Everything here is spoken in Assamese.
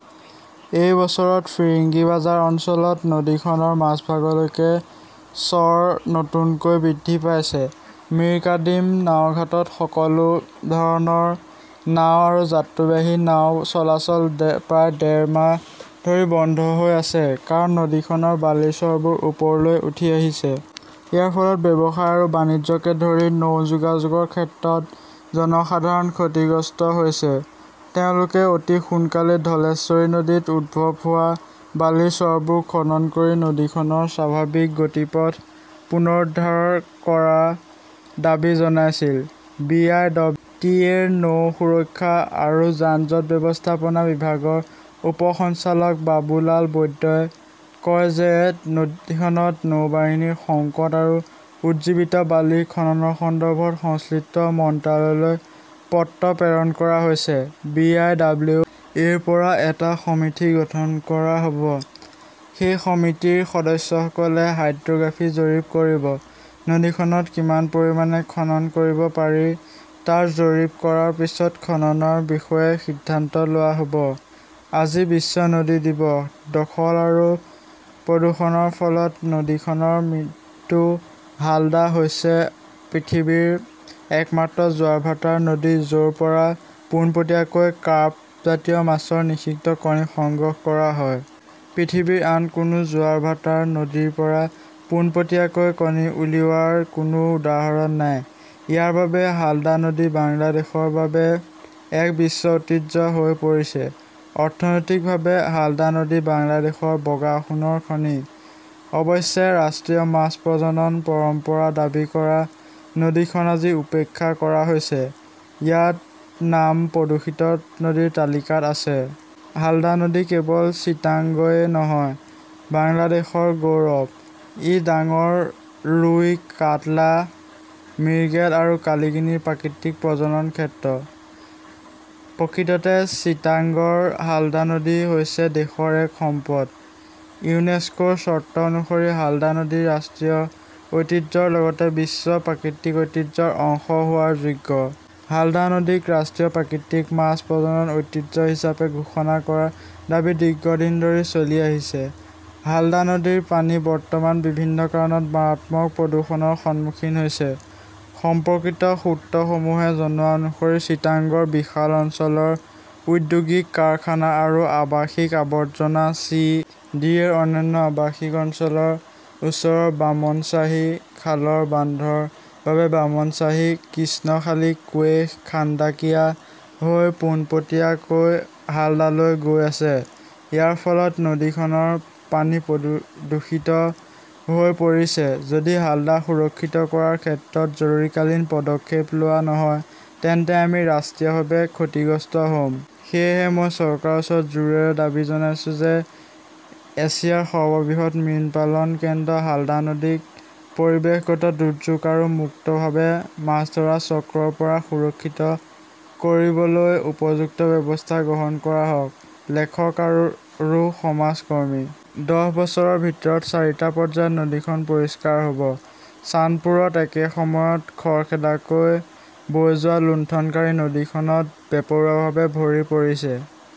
এই বছৰত ফিৰিঙ্গিবাজাৰ অঞ্চলত নদীখনৰ মাজভাগলৈকে চৰ নতুনকৈ বৃদ্ধি পাইছে। মিৰকাদিম নাওঘাটত সকলো ধৰণৰ নাও আৰু যাত্ৰীবাহী নাও চলাচল প্ৰায় ডেৰ মাহ ধৰি বন্ধ হৈ আছে কাৰণ নদীখনৰ বালিৰ চৰবোৰ ওপৰলৈ উঠি আহিছে। ইয়াৰ ফলত ব্যৱসায় আৰু বাণিজ্যকে ধৰি নৌ যোগাযোগৰ ক্ষেত্ৰত জনসাধাৰণ ক্ষতিগ্ৰস্ত হৈছে। তেওঁলোকে অতি সোনকালেই ধলেশ্বৰী নদীত উদ্ভৱ হোৱা বালিৰ চৰবোৰ খনন কৰি নদীখনৰ স্বাভাৱিক গতিপথ পুনৰুদ্ধাৰ কৰাৰ দাবী জনাইছিল। B. I. W. T. A. ৰ নৌ সুৰক্ষা আৰু যান-জঁট ব্যৱস্থাপনা বিভাগৰ উপ সঞ্চালক বাবু লাল বৈদ্যই কয় যে নদীখনত নৌবাহিনীৰ সংকট আৰু উজ্জীৱিত বালিৰ খননৰ সন্দৰ্ভত সংশ্লিষ্ট মন্ত্ৰালয়লৈ পত্ৰ প্ৰেৰণ কৰা হৈছে। বি. আই. ডব্লিউ. এ.ৰ পৰা এটা সমিতি গঠন কৰা হ'ব। সেই সমিতিৰ সদস্যসকলে হাইড্ৰ'গ্ৰাফী জৰীপ কৰিব। নদীখনত কিমান পৰিমাণে খনন কৰিব পাৰি তাৰ জৰীপ কৰাৰ পিছত খননৰ বিষয়ে সিদ্ধান্ত লোৱা হ'ব। আজি বিশ্ব নদী দিৱস, দখল আৰু প্ৰদূষণৰ ফলত নদীখনৰ মৃত্যু হালদা হৈছে পৃথিৱীৰ একমাত্ৰ জোৱাৰ ভাটাৰ নদী য'ৰ পৰা পোনপটীয়াকৈ কাৰ্প জাতীয় মাছৰ নিষিক্ত কণী সংগ্ৰহ কৰা হয়। পৃথিৱীৰ আন কোনো জোৱাৰ ভাটাৰ নদীৰ পৰা পোনপটীয়াকৈ কণী উলিওৱাৰ কোনো উদাহৰণ নাই। ইয়াৰ বাবেই হালদা নদী বাংলাদেশৰ বাবে এক বিশ্ব ঐতিহ্য হৈ পৰিছে। অৰ্থনৈতিকভাৱে হালদা নদী বাংলাদেশৰ বগা সোণৰ খনি। অৱশ্যে, ৰাষ্ট্ৰীয় মাছ প্ৰজনন পৰম্পৰা দাবী কৰা নদীখন আজি উপেক্ষা কৰা হৈছে, ইয়াৰ নাম প্ৰদূষিত নদীৰ তালিকাত আছে। হালদা নদী কেৱল চিটাগংয়ে নহয়, বাংলাদেশৰ গৌৰৱ। ই ডাঙৰ ৰুই, কাৎলা, মিৰ্গেল আৰু কালিগনিৰ প্ৰাকৃতিক প্ৰজনন ক্ষেত্ৰ। প্ৰকৃততে চিটাগংৰ হালদা নদী হৈছে দেশৰ এক সম্পদ। ইউনেস্কোৰ চৰ্ত অনুসৰি হালদা নদী ৰাষ্ট্ৰীয় ঐতিহ্যৰ লগতে বিশ্ব প্ৰাকৃতিক ঐতিহ্যৰ অংশ হোৱাৰ যোগ্য। হালদা নদীক ৰাষ্ট্ৰীয় প্ৰাকৃতিক মাছ প্ৰজনন ঐতিহ্য হিচাপে ঘোষণা কৰাৰ দাবী দীৰ্ঘদিন ধৰি চলি আহিছে। হালদা নদীৰ পানী বৰ্তমান বিভিন্ন কাৰণত মাৰাত্মক প্ৰদূষণৰ সন্মুখীন হৈছে। সম্পৰ্কিত সূত্ৰসমূহে জনোৱা অনুসৰি, চিটাগংৰ বিশাল অঞ্চলৰ ঔদ্যোগিক কাৰখানা আৰু আৱাসিক আৱৰ্জনা চি. ডি. এ. ৰ অনন্য আৱাসিক অঞ্চলৰ ওচৰৰ বামনশ্বাহী খালৰ বান্ধৰ বাবে বামনশ্বাহী, কৃষ্ণখালী, কুৱেইশ খাণ্ডাকিয়া হৈ পোনপটীয়াকৈ হালদালৈ গৈ আছে। ইয়াৰ ফলত নদীখনৰ পানী দূষিত হৈ পৰিছে। যদি হালদা সুৰক্ষিত কৰাৰ ক্ষেত্ৰত জৰুৰীকালীন পদক্ষেপ লোৱা নহয় তেন্তে আমি ৰাষ্ট্ৰীয়ভাৱে ক্ষতিগ্ৰস্ত হ'ম। সেয়েহে, মই চৰকাৰৰ ওচৰত জোৰেৰে দাবী জনাইছো যে এছিয়াৰ সৰ্ববৃহৎ মীন পালন কেন্দ্ৰ হালদা নদীক পৰিৱেশগত দুৰ্যোগ আৰু মুক্তভাৱে মাছ ধৰা চক্ৰৰ পৰা সুৰক্ষিত কৰিবলৈ উপযুক্ত ব্যৱস্থা গ্ৰহণ কৰা হওক - লেখক আৰু সমাজ কৰ্মী। দহ বছৰৰ ভিতৰত চাৰিটা পৰ্যায়ত নদীখন পৰিষ্কাৰ হ'ব । চান্দপুৰত একে সময়ত খৰখেদাকৈ বৈ যোৱা লুণ্ঠনকাৰী নদীখনত বেপৰোৱাভাৱে ভৰি পৰিছে।